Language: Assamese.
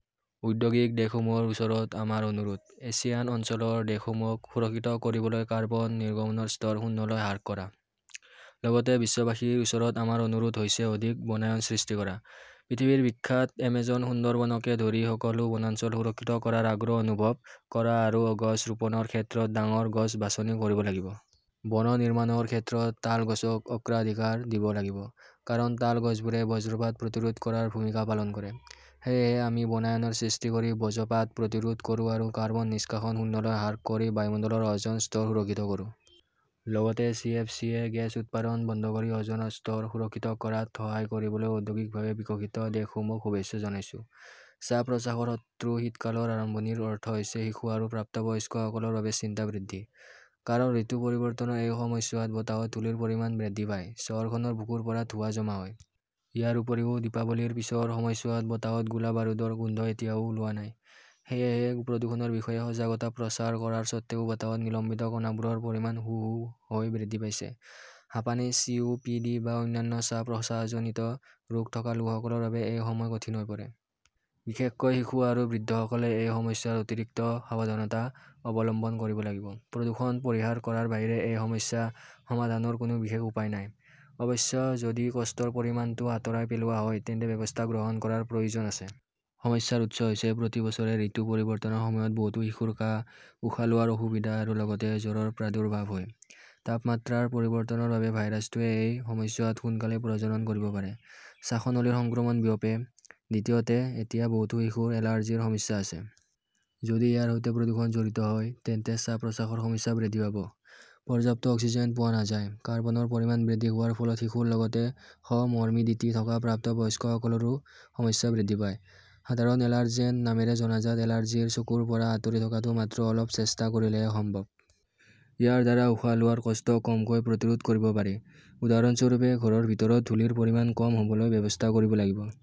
ঔদ্যোগিক দেশসমূহৰ ওচৰত আমাৰ অনুৰোধ, এছিয়ান অঞ্চলৰ দেশসমূহক সুৰক্ষিত কৰিবলৈ কাৰ্বন নিৰ্গমনৰ স্তৰ শূন্যলৈ হ্ৰাস কৰা। লগতে বিশ্ববাসীৰ ওচৰত আমাৰ অনুৰোধ হৈছে অধিক বনায়ন সৃষ্টি কৰা। পৃথিৱীৰ বিখ্যাত আমাজন, সুন্দৰবনকে ধৰি সকলো বনাঞ্চল সুৰক্ষিত কৰাৰ আগ্ৰহ অনুভৱ কৰা আৰু গছ ৰোপণৰ ক্ষেত্ৰত ডাঙৰ গছ বাছনি কৰিব লাগিব। বন নিৰ্মাণৰ ক্ষেত্ৰত তাল গছক অগ্ৰাধিকাৰ দিব লাগিব। কাৰণ তাল গছবোৰে বজ্ৰপাত প্ৰতিৰোধ কৰাৰ ভূমিকা পালন কৰে। সেয়েহে আমি বনায়নৰ সৃষ্টি কৰি বজ পাত প্ৰতিৰোধ কৰোঁ আৰু কাৰ্বন নিষ্কাশন শূন্যলৈ হ্ৰাস কৰি বায়ুমণ্ডলৰ অ'জন স্তৰ সুৰক্ষিত কৰোঁ। লগতে, চি. এফ. চি. -য়ে গেছ উৎপাদন বন্ধ কৰি অ'জনৰ স্তৰ সুৰক্ষিত কৰাত সহায় কৰিবলৈ ঔদ্যোগিকভাৱে বিকশিত দেশসমূহক শুভেচ্ছা জনাইছো। শ্বাস-প্ৰশ্বাসৰ শত্ৰুশীতকালৰ আৰম্ভণিৰ অৰ্থ হৈছে শিশু আৰু প্ৰাপ্তবয়স্কসকলৰ বাবে চিন্তা বৃদ্ধি। কাৰণ ঋতু পৰিৱৰ্তনৰ এই সময়ছোৱাত বতাহত ধূলিৰ পৰিমাণ বৃদ্ধি পায়, চহৰখনৰ বুকুৰ পৰা ধোঁৱা জমা হয়। ইয়াৰ উপৰিও দীপাৱলীৰ পিছৰ সময়ছোৱাত বতাহত গোলা-বাৰুদৰ গোন্ধ এতিয়াও ওলোৱা নাই। সেয়েহে প্ৰদূষণৰ বিষয়ে সজাগতা প্ৰচাৰ কৰাৰ স্বত্ত্বেও বতাহত নিলম্বিত কণাবোৰৰ পৰিমাণ হু-হু হৈ বৃদ্ধি পাইছে। হাঁপানি, চি. ও. পি. ডি. বা অন্যান্য শ্বাস-প্ৰশ্বাসজনিত ৰোগ থকা লোকসকলৰ বাবে এই সময় কঠিন হৈ পৰে। বিশেষকৈ শিশু আৰু বৃদ্ধসকলে এই সময়ছোৱাত অতিৰিক্ত সাৱধানতা অৱলম্বন কৰিব লাগিব। প্ৰদূষণ পৰিহাৰ কৰাৰ বাহিৰে এই সমস্যা সমাধানৰ কোনো বিশেষ উপায় নাই। অৱশ্যে, যদি কষ্টৰ পৰিমাণটো আঁতৰাই পেলোৱা হয় তেন্তে ব্যৱস্থা গ্ৰহণ কৰাৰ প্ৰয়োজন আছে। সমস্যাৰ উৎস হৈছে প্ৰতি বছৰে ঋতু পৰিৱৰ্তনৰ সময়ত বহুতো শিশুৰ কাহ, উশাহ লোৱাৰ অসুবিধা আৰু লগতে জ্বৰৰ প্ৰাদুৰ্ভাৱ হয়। তাপমাত্ৰাৰ পৰিৱৰ্তনৰ বাবে ভাইৰাছটোৱে এই সময়ছোৱাত সোনকালে প্ৰজনন কৰিব পাৰে। শ্বাসনলীৰ সংক্ৰমণ বিয়পে। দ্বিতীয়তে, এতিয়া বহুতো শিশুৰ এলাৰ্জিৰ সমস্যা আছে। যদি ইয়াৰ সৈতে প্ৰদূষণ জড়িত হয়, তেন্তে শ্বাস-প্ৰশ্বাসৰ সমস্যা বৃদ্ধি পাব। পৰ্যাপ্ত অক্সিজেন পোৱা নাযায়, কাৰ্বনৰ পৰিমাণ বৃদ্ধি হোৱাৰ ফলত শিশুৰ লগতে সহ-মৰ্বিডিটি থকা প্ৰাপ্তবয়স্কসকলৰো সমস্যা বৃদ্ধি পায়। সাধাৰণ এলাৰ্জেন নামেৰে জনাজাত এলাৰ্জিৰ চকুৰ পৰা আঁতৰি থকাটো মাত্ৰ অলপ চেষ্টা কৰিলেহে সম্ভৱ। ইয়াৰ দ্বাৰা উশাহ লোৱাৰ কষ্ট কমকৈ প্ৰতিৰোধ কৰিব পাৰি। উদাহৰণস্বৰূপে, ঘৰৰ ভিতৰত ধূলিৰ পৰিমাণ কম হ'বলৈ ব্যৱস্থা কৰিব লাগিব।